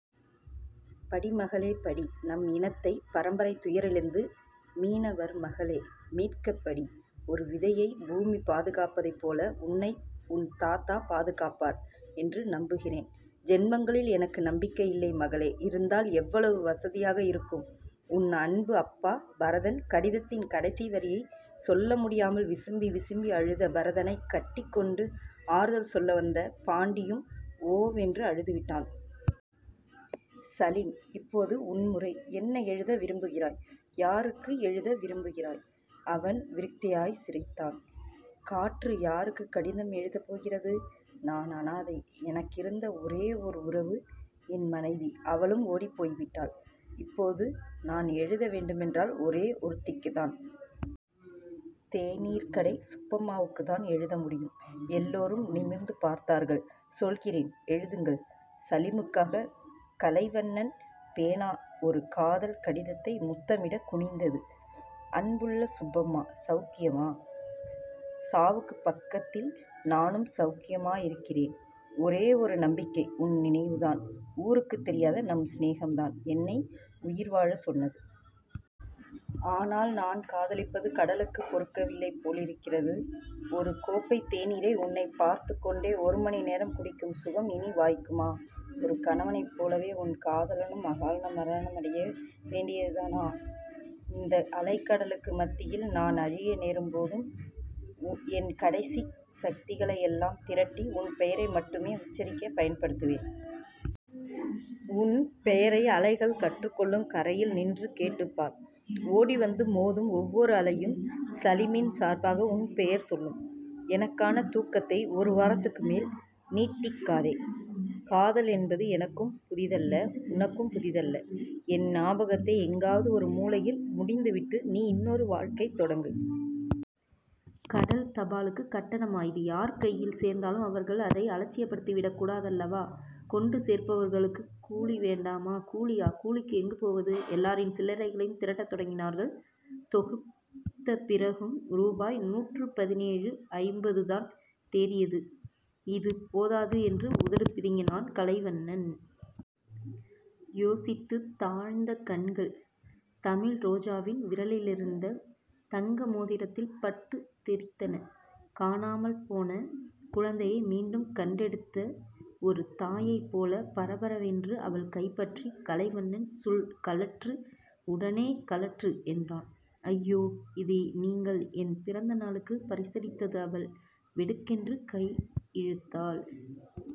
படி மகளே. படி. நம் இனத்தைப் பரம்பரைத் துயரிலிருந்து மீனவர்மகளே... மீட்கப் படி. ஒரு விதையைப் பூமி பாதுகாப்பதைப் போல உன்னை உன் தாத்தா பாதுகாப்பார் என்று நம்புகிறேன். ஜென்மங்களில் எனக்கு நம்பிக்கை இல்லை மகளே. இருந்தால் எவ்வளவு வசதியாக இருக்கும். உன் அன்பு அப்பா, பரதன் கடிதத்தின் கடைசி வரியைச் சொல்லமுடியாமல் விசும்பி விசும்பி அழுத பரதனைக் கட்டிக்கொண்டு ஆறுதல் சொல்லவந்த பாண்டியும் ஓவென்று அழுதுவிட்டான். சலீம். இப்போது உன் முறை. என்ன எழுத விரும்புகிறாய்? யாருக்கு எழுத விரும்புகிறாய்? அவன் விரக்தியாய்ச் சிரித்தான். காற்று யாருக்குக் கடிதம் எழுதப் போகிறது? நான் அநாதை. எனக்கிருந்த ஒரே ஓர் உறவு என் மனைவி. அவளும் ஓடிப் போய்விட்டாள். இப்போது நான் எழுத வேண்டுமென்றால் ஒரே ஒருத்திக்குத்தான். தேநீர்க்கடை சுப்பம்மாவுக்குத்தான் எழுதமுடியும். எல்லோரும் நிமிர்ந்து பார்த்தார்கள். சொல்கிறேன் எழுதுங்கள். சலீமுக்காகக் கலைவண்ணன் பேனா ஒரு காதல் கடிதத்தை முத்தமிடக் குனிந்தது. அன்புள்ள சுப்பம்மா. செளக்கியமா? சாவுக்குப் பக்கத்தில் நானும் செளக்கியமாயிருக்கிறேன். ஒரே ஒரு நம்பிக்கை உன் நினைவுதான். ஊருக்குத் தெரியாத நம் சிநேகம்தான் என்னை உயிர்வாழச் சொன்னது. ஆனால், நான் காதலிப்பது கடலுக்குப் பொறுக்கவில்லை போலிருக்கிறது. ஒரு கோப்பைத் தேநீரை உன்னைப் பார்த்துக் கொண்டே ஒரு மணி நேரம் குடிக்கும் சுகம் இனி வாய்க்குமா? உன் கணவனைப் போலவே உன் காதலனும் அகால மரணமடைய வேண்டியதுதானா? இந்த அலைகடலுக்கு மத்தியில் நான் அழிய நேரும்போதும் என் கடைசிச் சக்திகளையெல்லாம் திரட்டி உன் பெயரை மட்டுமே உச்சரிக்கப் பயன்படுத்துவேன். உன் பெயரை அலைகள் கற்றுக்கொள்ளும். கரையில் நின்று கேட்டுப்பார். ஓடிவந்து மோதும் ஒவ்வோர் அலையும் சலீமின் சார்பாக உன் பெயர் சொல்லும். எனக்கான துக்கத்தை ஒருவாரத்துக்கு மேல் நீட்டிக்காதே. காதல் என்பது எனக்கும் புதிதல்ல. உனக்கும் புதிதல்ல. என் ஞாபகத்தை எங்காவது ஒரு மூலையில் முடிந்துவிட்டு நீ இன்னொரு வாழ்க்கை தொடங்கு. கடல் தபாலுக்குக் கட்டணமா? இது யார் கையில் சேர்ந்தாலும் அவர்கள் அதை அலட்சியப்படுத்திவிடக் கூடாதல்லவா. கொண்டு சேர்ப்பவர்களுக்குக் கூலிவேண்டாமா? கூலியா? கூலிக்கு எங்கு போவது? எல்லாரின் சில்லறைகளையும் திரட்டத் தொடங்கினார்கள். தொகுத்தபிறகும் ருபாய் நூற்றுப்பதினேழு ஐம்பதுதான் தேறியது. இது போதாது என்று உதடு பிதுக்கினான் கலைவண்ணன். யோசித்துத் தாழ்ந்த கண்கள், தமிழ்ரோஜாவின் விரலிலிருந்த தங்கமோதிரத்தில் பட்டுத் தெறித்தன. காணாமல்போன குழந்தையை மீண்டும் கண்டெடுத்த ஒரு தாயைப் போலப் பரபரவென்று அவள் கைபற்றிய கலைவண்ணன் கழற்று. உடனே கழற்று என்றான். அய்யோ. இது நீங்கள் என் பிறந்த நாளுக்குப் பரிசளித்தது அவள் வெடுக்கென்று கையிழுத்தாள்.